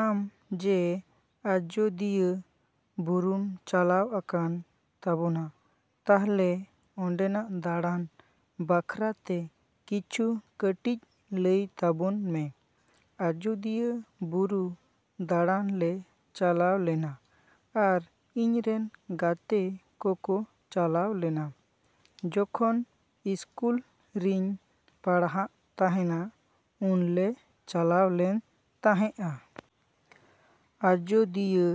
ᱟᱢ ᱡᱮ ᱟᱡᱳᱫᱤᱭᱟᱹ ᱵᱩᱨᱩᱢ ᱪᱟᱞᱟᱣ ᱟᱠᱟᱱ ᱛᱟᱵᱚᱱᱟ, ᱛᱟᱦᱞᱮ ᱚᱸᱰᱮᱱᱟᱜ ᱫᱟᱬᱟᱱ ᱵᱟᱠᱷᱨᱟᱛᱮ ᱠᱤᱪᱷᱩ ᱠᱟᱹᱴᱤᱡ ᱞᱟᱹᱭ ᱟᱛᱟᱵᱚᱱ ᱢᱮ᱾ ᱟᱡᱳᱫᱤᱭᱟᱹ ᱵᱩᱨᱩ ᱫᱟᱬᱟᱱ ᱞᱮ ᱪᱟᱞᱟᱣ ᱞᱮᱱᱟ ᱟᱨ ᱤᱧᱨᱮᱱ ᱜᱟᱛᱮ ᱠᱚᱠᱚ ᱪᱟᱞᱟᱣ ᱞᱮᱱᱟ᱾ ᱡᱚᱠᱷᱚᱱ ᱤᱥᱠᱩᱞ ᱨᱤᱧ ᱯᱟᱲᱦᱟᱜ ᱛᱟᱦᱮᱱᱟ ᱩᱱᱞᱮ ᱪᱟᱞᱟᱣ ᱞᱮᱱ ᱛᱟᱦᱮᱸᱜᱼᱟ᱾ ᱟᱡᱳᱫᱤᱭᱟᱹ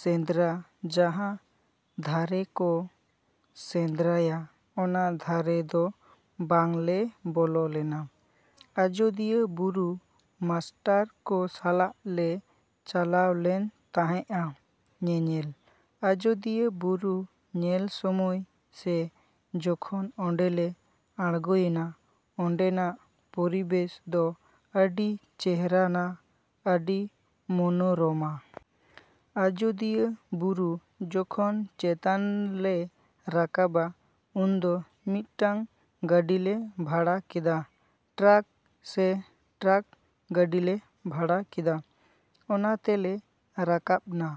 ᱥᱮᱸᱫᱽᱨᱟ ᱡᱟᱦᱟᱸ ᱫᱷᱟᱨᱮ ᱠᱚ ᱥᱮᱸᱫᱽᱨᱟᱭᱟ ᱚᱱᱟ ᱫᱷᱟᱨᱮ ᱫᱚ ᱵᱟᱝᱞᱮ ᱵᱚᱞᱚ ᱞᱮᱱᱟ᱾ ᱟᱡᱳᱫᱤᱭᱟᱹ ᱵᱩᱨᱩ ᱢᱟᱥᱴᱟᱨ ᱠᱚ ᱥᱟᱞᱟᱜ ᱞᱮ ᱪᱟᱞᱟᱣ ᱞᱮᱱ ᱛᱟᱦᱮᱸᱜᱼᱟ ᱧᱮᱧᱮᱞ᱾ ᱟᱡᱳᱫᱤᱭᱟᱹ ᱵᱩᱨᱩ ᱧᱮᱞ ᱥᱚᱢᱚᱭ ᱥᱮ ᱡᱚᱠᱷᱚᱱ ᱚᱸᱰᱮᱞᱮ ᱟᱬᱜᱳᱭᱮᱱᱟ, ᱚᱸᱰᱮᱱᱟᱜ ᱯᱚᱨᱤᱵᱮᱥ ᱫᱚ ᱟᱹᱰᱤ ᱪᱮᱦᱨᱟᱱᱟ, ᱟᱹᱰᱤ ᱢᱚᱱᱳᱨᱚᱢᱟ᱾ ᱟᱡᱳᱫᱤᱭᱟᱹ ᱵᱩᱨᱩ ᱡᱚᱠᱷᱚᱱ ᱪᱮᱛᱟᱱᱞᱮ ᱨᱟᱠᱟᱵᱟ ᱩᱱᱫᱚ ᱢᱤᱫᱴᱟᱱ ᱜᱟᱹᱰᱤᱞᱮ ᱵᱷᱟᱲᱟ ᱠᱮᱫᱟ, ᱴᱨᱟᱠ ᱥᱮ ᱴᱨᱟᱠ ᱜᱟᱹᱰᱤᱞᱮ ᱵᱷᱟᱲᱟ ᱠᱮᱫᱟ᱾ ᱚᱱᱟ ᱛᱮᱞᱮ ᱨᱟᱠᱟᱵᱱᱟ᱾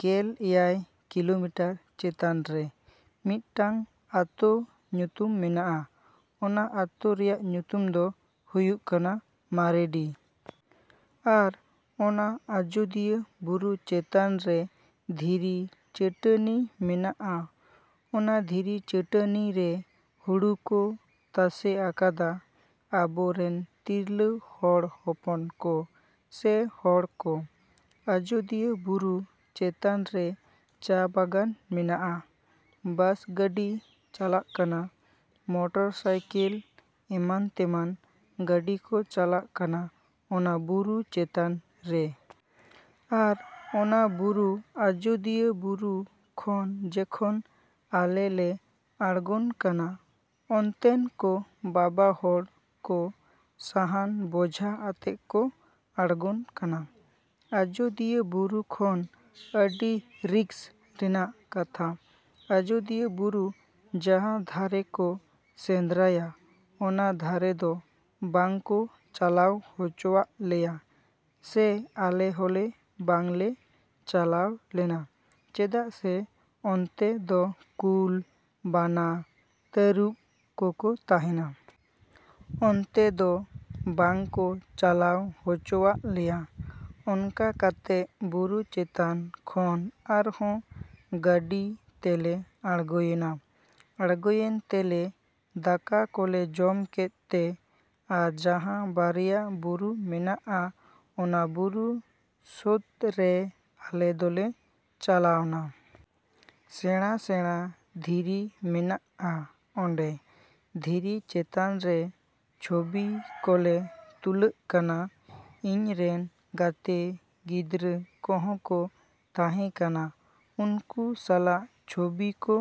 ᱜᱮᱞ ᱮᱭᱟᱭ ᱠᱤᱞᱳᱢᱤᱴᱟᱨ ᱪᱮᱛᱟᱱᱨᱮ ᱢᱤᱫᱴᱟᱱ ᱟᱛᱳ ᱧᱩᱛᱩᱢ ᱢᱮᱱᱟᱜᱼᱟ, ᱚᱱᱟ ᱟᱛᱳ ᱨᱮᱭᱟᱜ ᱧᱩᱛᱩᱢ ᱫᱚ ᱦᱩᱭᱩᱜ ᱠᱟᱱᱟ ᱢᱟᱨᱮᱰᱤ᱾ ᱟᱨ ᱚᱱᱟ ᱟᱡᱳᱫᱤᱭᱟᱹ ᱵᱩᱨᱩ ᱪᱮᱛᱟᱱᱨᱮ ᱫᱷᱤᱨᱤ ᱪᱟᱹᱴᱟᱹᱱᱤ ᱢᱮᱱᱟᱜᱼᱟ᱾ ᱚᱱᱟ ᱫᱷᱤᱨᱤ ᱪᱟᱹᱴᱟᱹᱱᱤᱨᱮ ᱦᱩᱲᱩ ᱠᱚ ᱛᱟᱥᱮ ᱟᱠᱟᱫᱟ ᱟᱵᱚ ᱨᱮᱱ ᱛᱤᱨᱞᱟᱹ ᱦᱚᱲ ᱦᱚᱯᱚᱱ ᱠᱚ ᱥᱮ ᱦᱚᱲᱠᱚ᱾ ᱟᱡᱳᱫᱤᱭᱟᱹ ᱵᱩᱨᱩ ᱪᱮᱛᱟᱱ ᱨᱮ ᱪᱟ ᱵᱟᱜᱟᱱ ᱢᱮᱱᱟᱜᱼᱟ᱾ ᱵᱟᱥ ᱜᱟᱹᱰᱤ ᱪᱟᱞᱟᱜ ᱠᱟᱱᱟ, ᱢᱳᱴᱚᱨ ᱥᱟᱭᱠᱮᱞ ᱮᱢᱟᱱ ᱛᱮᱢᱟᱱ ᱜᱟᱹᱲᱤ ᱠᱚ ᱪᱟᱞᱟᱜ ᱠᱟᱱᱟ ᱚᱱᱟ ᱵᱩᱨᱩ ᱪᱮᱛᱟᱱ ᱨᱮ᱾ ᱟᱨ ᱚᱱᱟ ᱵᱩᱨᱩ ᱟᱡᱳᱫᱤᱭᱟᱹ ᱵᱩᱨᱩ ᱠᱷᱚᱱ ᱡᱮᱠᱷᱚᱱ ᱟᱞᱮ ᱞᱮ ᱟᱬᱜᱚᱱ ᱠᱟᱱᱟ, ᱚᱱᱛᱮᱱ ᱠᱚ ᱵᱟᱵᱟ ᱦᱚᱲ ᱠᱚ ᱥᱟᱦᱟᱱ ᱵᱚᱡᱷᱟ ᱟᱛᱮᱜ ᱠᱚ ᱟᱬᱜᱚᱱ ᱠᱟᱱᱟ ᱟᱡᱳᱫᱤᱭᱳ ᱵᱩᱨᱩ ᱠᱷᱚᱱ᱾ ᱟᱹᱰᱤ ᱨᱤᱠᱥ ᱨᱮᱱᱟᱜ ᱠᱟᱛᱷᱟ᱾ ᱟᱡᱳᱫᱤᱭᱟᱹ ᱵᱩᱨᱩ ᱡᱟᱦᱟᱸ ᱫᱷᱟᱨᱮ ᱠᱚ ᱥᱮᱸᱫᱽᱨᱟᱭᱟ ᱚᱱᱟ ᱫᱷᱟᱨᱮ ᱫᱚ ᱵᱟᱝᱠᱚ ᱪᱟᱞᱟᱣ ᱦᱚᱪᱚᱣᱟᱜ ᱞᱮᱭᱟ ᱥᱮ ᱟᱞᱮ ᱦᱚᱸᱞᱮ ᱵᱟᱝᱞᱮ ᱪᱟᱞᱟᱣ ᱞᱮᱱᱟ ᱪᱮᱫᱟᱜ ᱥᱮ ᱚᱱᱛᱮ ᱫᱚ ᱠᱩᱞ, ᱵᱟᱱᱟ, ᱛᱟᱹᱨᱩᱵ ᱠᱚᱠᱚ ᱛᱟᱦᱮᱱᱟ᱾ ᱚᱱᱛᱮ ᱫᱚ ᱵᱟᱝᱠᱚ ᱪᱟᱞᱟᱣ ᱦᱚᱪᱚᱣᱟᱜ ᱞᱮᱭᱟ᱾ ᱚᱱᱠᱟ ᱠᱟᱛᱮᱜ ᱵᱩᱨᱩ ᱪᱮᱛᱟᱱ ᱠᱷᱚᱱ ᱟᱨᱦᱚᱸ ᱜᱟᱹᱰᱤ ᱛᱮᱞᱮ ᱟᱬᱜᱳᱭᱮᱱᱟ᱾ ᱟᱬᱜᱚᱭᱮᱱ ᱛᱮᱞᱮ ᱫᱟᱠᱟ ᱠᱚᱞᱮ ᱡᱚᱢ ᱠᱮᱫ ᱛᱮ ᱟᱨ ᱡᱟᱦᱟᱸ ᱵᱟᱨᱭᱟ ᱵᱩᱨᱩ ᱢᱮᱱᱟᱜᱼᱟ ᱚᱱᱟ ᱵᱩᱨᱩ ᱥᱳᱛᱨᱮ ᱟᱞᱮ ᱫᱚᱞᱮ ᱪᱟᱞᱟᱣᱱᱟ᱾ ᱥᱮᱬᱟ ᱥᱮᱬᱟ ᱫᱷᱤᱨᱤ ᱢᱮᱱᱟᱼᱟ ᱚᱸᱰᱮ᱾ ᱫᱷᱤᱨᱤ ᱪᱮᱛᱟᱱ ᱨᱮ ᱪᱷᱚᱵᱤ ᱠᱚᱞᱮ ᱛᱩᱞᱟᱹᱜ ᱠᱟᱱᱟ᱾ ᱤᱧ ᱨᱮᱱ ᱜᱟᱛᱮ ᱜᱤᱫᱽᱨᱟᱹ ᱠᱚᱦᱚᱸ ᱠᱚ ᱛᱟᱦᱮᱸ ᱠᱟᱱᱟ᱾ ᱩᱱᱠᱩ ᱥᱟᱞᱟᱜ ᱪᱷᱚᱵᱤ ᱠᱚ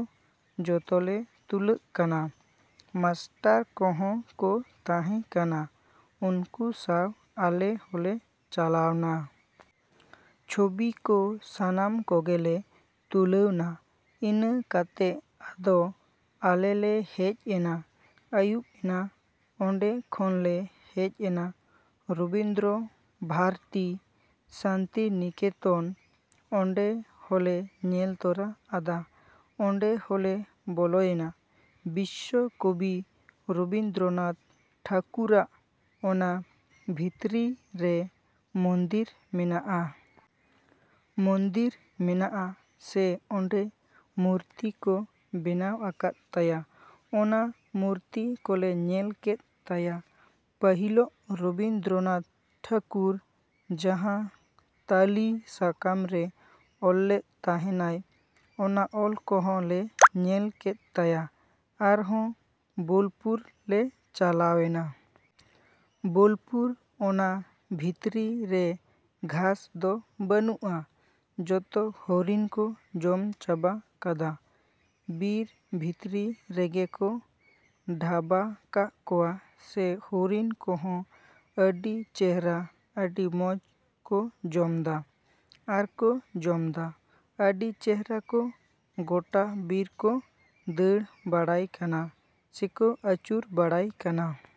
ᱡᱚᱛᱚᱞᱮ ᱛᱩᱞᱟᱹᱜ ᱠᱟᱱᱟ᱾ ᱢᱟᱥᱴᱟᱨ ᱠᱚᱦᱚᱸ ᱠᱚ ᱛᱟᱦᱮᱸ ᱠᱟᱱᱟ ᱩᱱᱠᱩ ᱥᱟᱶ ᱟᱞᱮ ᱦᱚᱸᱞᱮ ᱪᱟᱞᱟᱣᱱᱟ᱾ ᱪᱷᱚᱵᱤ ᱠᱚ ᱥᱟᱱᱟᱢ ᱠᱚᱜᱮᱞᱮ ᱛᱩᱞᱟᱹᱣᱱᱟ᱾ ᱤᱱᱟᱹ ᱠᱟᱛᱮᱜ ᱟᱫᱚ ᱟᱞᱮ ᱞᱮ ᱦᱮᱡ ᱮᱱᱟ᱾ ᱟᱹᱭᱩᱵ ᱮᱱᱟ ᱚᱸᱰᱮ ᱠᱷᱚᱱᱞᱮ ᱦᱮᱡ ᱮᱱᱟ᱾ ᱨᱚᱵᱤᱱᱫᱨᱚ ᱵᱷᱟᱨᱛᱤ ᱥᱟᱱᱛᱤᱱᱤᱠᱮᱛᱚᱱ ᱚᱸᱰᱮ ᱦᱚᱸᱞᱮ ᱧᱮᱞ ᱛᱚᱨᱟ ᱟᱫᱟ᱾ ᱚᱸᱰᱮ ᱦᱚᱸᱞᱮ ᱵᱚᱞᱚᱭᱮᱱᱟ᱾ ᱵᱤᱥᱥᱚ ᱠᱚᱵᱤ ᱨᱚᱵᱤᱱᱫᱨᱚᱱᱟᱛᱷ ᱴᱷᱟᱹᱠᱩᱨᱟᱜ ᱚᱱᱟ ᱵᱷᱤᱛᱨᱤ ᱨᱮ ᱢᱚᱱᱫᱤᱨ ᱢᱮᱱᱟᱜᱼᱟ᱾ ᱢᱚᱱᱫᱤᱨ ᱢᱮᱱᱟᱜᱼᱟ ᱥᱮ ᱚᱸᱰᱮ ᱢᱩᱨᱛᱤ ᱠᱚ ᱵᱮᱱᱟᱣ ᱟᱠᱟᱫ ᱛᱟᱭᱟ᱾ ᱚᱱᱟ ᱢᱩᱨᱛᱤ ᱠᱚᱞᱮ ᱧᱮᱞ ᱠᱮᱫ ᱛᱟᱭᱟ᱾ ᱯᱟᱹᱦᱤᱞᱚᱜ ᱨᱚᱵᱤᱱᱫᱨᱚᱱᱟᱛᱷ ᱴᱷᱟᱹᱠᱩᱨ ᱡᱟᱦᱟᱸ ᱛᱟᱞᱤ ᱥᱟᱠᱟᱢ ᱨᱮ ᱚᱞ ᱞᱮᱫ ᱛᱟᱦᱮᱸᱱᱟᱭ ᱚᱱᱟ ᱚᱞ ᱠᱚᱦᱚᱸᱞᱮ ᱧᱮᱞ ᱠᱮᱫ ᱛᱟᱭᱟ᱾ ᱟᱨᱦᱚᱸ ᱵᱳᱞᱯᱩᱨ ᱞᱮ ᱪᱟᱞᱟᱣᱮᱱᱟ᱾ ᱵᱳᱞᱯᱩᱨ ᱚᱱᱟ ᱵᱷᱤᱛᱨᱤ ᱨᱮ ᱜᱷᱟᱥ ᱫᱚ ᱵᱟᱹᱱᱩᱜᱼᱟ ᱡᱚᱛᱚ ᱦᱚᱨᱤᱱ ᱠᱚ ᱡᱚᱢ ᱪᱟᱵᱟ ᱠᱟᱫᱟ᱾ ᱵᱤᱨ ᱵᱷᱤᱛᱨᱤ ᱨᱮᱜᱮ ᱠᱚ ᱰᱟᱵᱟ ᱠᱟᱜ ᱠᱚᱣᱟ ᱥᱮ ᱦᱚᱨᱤᱱ ᱠᱚᱦᱚ ᱟᱹᱰᱤ ᱪᱮᱦᱨᱟ ᱟᱹᱰᱤ ᱢᱚᱡᱽ ᱠᱚ ᱡᱚᱢᱫᱟ ᱟᱨᱠᱚᱸ ᱡᱚᱢᱫᱟ᱾ ᱟᱹᱰᱤ ᱪᱮᱦᱨᱟ ᱠᱚ ᱜᱳᱴᱟ ᱵᱤᱨ ᱠᱚ ᱫᱟᱹᱲ ᱵᱟᱲᱟᱭ ᱠᱟᱱᱟ ᱥᱮᱠᱚ ᱟᱹᱪᱩᱨ ᱵᱟᱲᱟᱭ ᱠᱟᱱᱟ᱾